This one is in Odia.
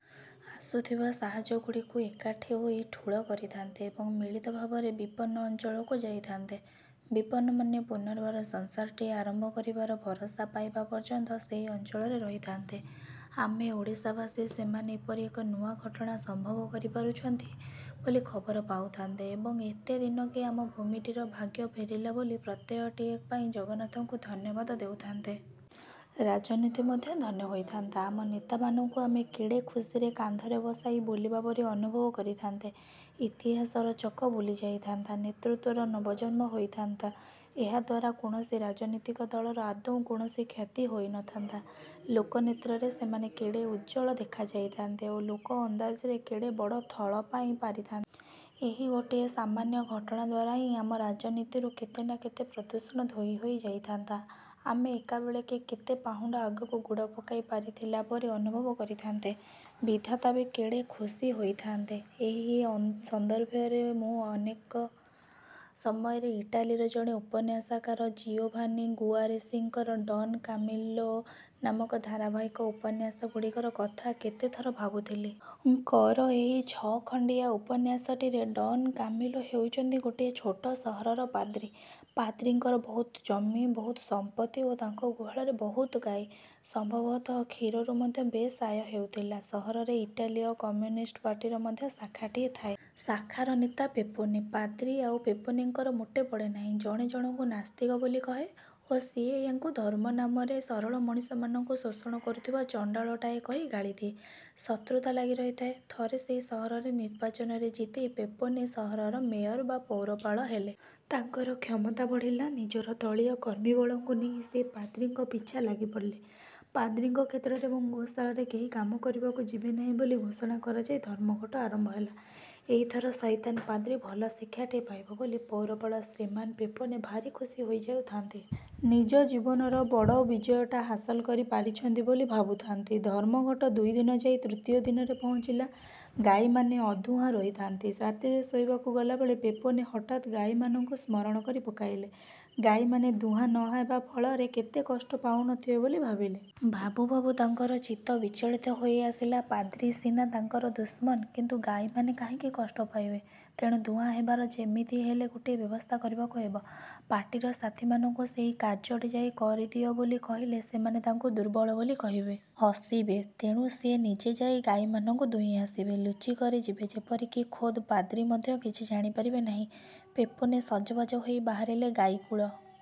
ଆସୁଥିବା ସାହାଯ୍ୟଗୁଡ଼ିକୁ ଏକାଠି ହୋଇ ଠୁଳ କରିଥାନ୍ତେ ଏବଂ ମିଳିତ ଭାବରେ ବିପନ୍ନ ଅଂଚଳକୁ ଯାଇଥାନ୍ତେ। ବିପନ୍ନମାନେ ପୁନର୍ବାର ସଂସାରଟିଏ ଆରମ୍ଭ କରିବାର ଭରସା ପାଇବା ପର୍ଯ୍ୟନ୍ତ ସେହି ଅଂଚଳରେ ରହିଥାନ୍ତେ। ଆମେ ଓଡ଼ିଶାବାସୀ ସେମାନେ ଏପରି ଏକ ନୂଆ ଘଟଣା ସମ୍ଭବ କରିପାରୁଛନ୍ତି ବୋଲି ଖବର ପାଉଥାନ୍ତେ ଏବଂ ଏତେ ଦିନକେ ଆମ ଭୂମିଟିର ଭାଗ୍ୟ ଫେରିଲା ବୋଲି ପ୍ରତ୍ୟୟଟିଏ ପାଇ ଜଗନ୍ନାଥଙ୍କୁ ଧନ୍ୟବାଦ ଦେଉଥାନ୍ତେ। ରାଜନୀତି ମଧ୍ୟ ଧନ୍ୟ ହୋଇଥାନ୍ତା। ଆମ ନେତାମାନଙ୍କୁ ଆମେ କେଡ଼େ ଖୁସିରେ କାନ୍ଧରେ ବସାଇ ବୁଲିବା ପରି ଅନୁଭବ କରିଥାନ୍ତେ। ଇତିହାସର ଚକ ବୁଲି ଯାଇଥାନ୍ତା। ନେତୃତ୍ଵର ନବଜନ୍ମ ହୋଇଥାନ୍ତା। ଏହାଦ୍ୱାରା କୌଣସି ରାଜନୀତିକ ଦଳର ଆଦୌ କୌଣସି କ୍ଷତି ହୋଇନଥାନ୍ତା। ଲୋକନେତ୍ରରେ ସେମାନେ କେଡ଼େ ଉଜ୍ଜ୍ୱଳ ଦେଖା ଯାଇଥାନ୍ତେ ଓ ଲୋକ ଅନ୍ଦାଜରେ କେଡ଼େ ବଡ଼ ଥଳ ପାଇ ପାରିଥାନ୍ତେ। ଏହି ଗୋଟିଏ ସାମାନ୍ୟ ଘଟଣା ଦ୍ୱାରା ହିଁ ଆମ ରାଜନୀତିରୁ କେତେ ନା କେତେ ପ୍ରଦୂଷଣ ଧୋଇ ହୋଇଯାଇଥାନ୍ତା। ଆମେ ଏକାବେଳେକେ କେତେ ପାହୁଣ୍ଡ ଆଗକୁ ଗୋଡ଼ ପକାଇ ପାରିଥିଲା ପରି ଅନୁଭବ କରିଥାନ୍ତେ। ବିଧାତା ବି କେଡ଼େ ଖୁସୀ ହୋଇଥାଆନ୍ତେ। ଏହି ସନ୍ଦର୍ଭରେ ମୁଁ ଅନେକ ସମୟରେ ଇଟାଲୀର ଜଣେ ଉପନ୍ୟାସକାର ଜିଓଭାନି ଗୁଆରେଶିଙ୍କର ଡ଼ନ୍ କାମିଲୋ ନାମକ ଧାରାବାହିକ ଉପନ୍ୟାସ ଗୁଡ଼ିକର କଥା କେତେଥର ଭାବୁଥିଲି। ଙ୍କର ଏହି ଛଅଖଣ୍ଡିଆ ଉପନ୍ୟାସଟିରେ ଡ଼ନ୍ କାମିଲୋ ହେଉଛନ୍ତି ଗୋଟିଏ ଛୋଟ ସହରର ପାଦ୍ରୀ। ପାଦ୍ରୀଙ୍କର ବହୁତ ଜମି, ବହୁତ ସମ୍ପତ୍ତି ଓ ତାଙ୍କ ଗୁହାଳରେ ବହୁତ ଗାଈ। ସମ୍ଭବତଃ କ୍ଷୀରରୁ ମଧ୍ୟ ବେଶ୍ ଆୟ ହେଉଥିଲା। ସହରରେ ଇଟାଲୀୟ କମ୍ୟୁନିଷ୍ଟ ପାର୍ଟିର ମଧ୍ୟ ଶାଖାଟିଏ ଥାଏ। ଶାଖାର ନେତା ପେପୋନେ। ପାଦ୍ରୀ ଆଉ ପେପୋନେଙ୍କର ମୋଟେ ପଡ଼େନାହିଁ। ଜଣେ ଜଣକୁ ନାସ୍ତିକ ବୋଲି କହେ ଓ ସିଏ ୟାଙ୍କୁ ଧର୍ମ ନାମରେ ସରଳ ମଣିଷମାନଙ୍କୁ ଶୋଷଣ କରୁଥିବା ଚଣ୍ଡାଳଟାଏ କହି ଗାଳିଦିଏ। ଶତ୍ରୁତା ଲାଗି ରହିଥାଏ। ଥରେ ସେହି ସହରରେ ନିର୍ବାଚନରେ ଜିତି ପେପୋନେ ସହରର ମେୟର ବା ପୌରପାଳ ହେଲେ। ତାଙ୍କର କ୍ଷମତା ବଢ଼ିଲା। ନିଜର ଦଳୀୟ କର୍ମୀବଳଙ୍କୁ ନେଇ ସିଏ ପାଦ୍ରୀଙ୍କ ପିଛା ଲାଗି ପଡ଼ିଲେ। ପାଦ୍ରୀଙ୍କ କ୍ଷେତରେ ଏବଂ ଗୋଶାଳରେ କେହି କାମ କରିବାକୁ ଯିବେ ନାହିଁ ବୋଲି ଘୋଷଣା କରାଯାଇ ଧର୍ମଘଟ ଆରମ୍ଭ ହେଲା। ଏଇଥର ସଇତାନ ପାଦ୍ରୀ ଭଲ ଶିକ୍ଷାଟିଏ ପାଇବ ବୋଲି ପୌରପାଳ ଶ୍ରୀମାନ୍ ପେପୋନେ ଭାରି ଖୁସି ହୋଇ ଯାଉଥାଆନ୍ତି। ନିଜ ଜୀବନର ବଡ଼ ବିଜୟଟା ହାସଲ କରି ପାରିଛନ୍ତି ବୋଲି ଭାବୁଥାନ୍ତି। ଧର୍ମଘଟ ଦୁଇଦିନ ଯାଇ ତୃତୀୟ ଦିନରେ ପହଞ୍ଚିଲା। ଗାଈମାନେ ଅଦୁହାଁ ରହିଥାନ୍ତି। ରାତିରେ ଶୋଇବାକୁ ଗଲାବେଳେ ପେପୋନେ ହଠାତ୍ ଗାଈମାନଙ୍କୁ ସ୍ମରଣ କରି। ପକାଇଲେ। ଗାଈମାନେ ଦୁହାଁ ନହେବା ଫଳରେ କେତେ କଷ୍ଟ ପାଉନଥିବେ ବୋଲି ଭାବିଲେ। ଭାବୁ ଭାବୁ ତାଙ୍କର ଚିତ୍ତ ବିଚଳିତ ହୋଇ ଆସିଲା। ପାଦ୍ରୀସିନା ତାଙ୍କର ଦୁଶ୍ମନ, କିନ୍ତୁ ଗାଈମାନେ କାହିଁକି କଷ୍ଟ ପାଇବେ? ତେଣୁ ଦୁହାଁ ହେବାର ଯେମିତି ହେଲେ ଗୋଟିଏ ବ୍ୟବସ୍ଥା କରିବାକୁ ହେବ। ପାର୍ଟିର ସାଥୀମାନଙ୍କୁ ସେହି କାର୍ଯ୍ୟଟି ଯାଇ କରିଦିଅ ବୋଲି କହିଲେ ସେମାନେ ତାଙ୍କୁ ଦୁର୍ବଳ ବୋଲି କହିବେ। ହସିବେ। ତେଣୁ ସିଏ ନିଜେ ଯାଇ ଗାଈମାନଙ୍କୁ ଦୁହିଁ ଆସିବେ। ଲୁଚିକରି ଯିବେ। ଯେପରିକି ଖୋଦ୍ ପାଦ୍ରୀ ମଧ୍ୟ କିଛି ଜାଣିପାରିବେ ନାହିଁ। ପେପୋନେ ସଜବାଜ ହୋଇ ବାହାରିଲେ। ଗାଈକୁଳ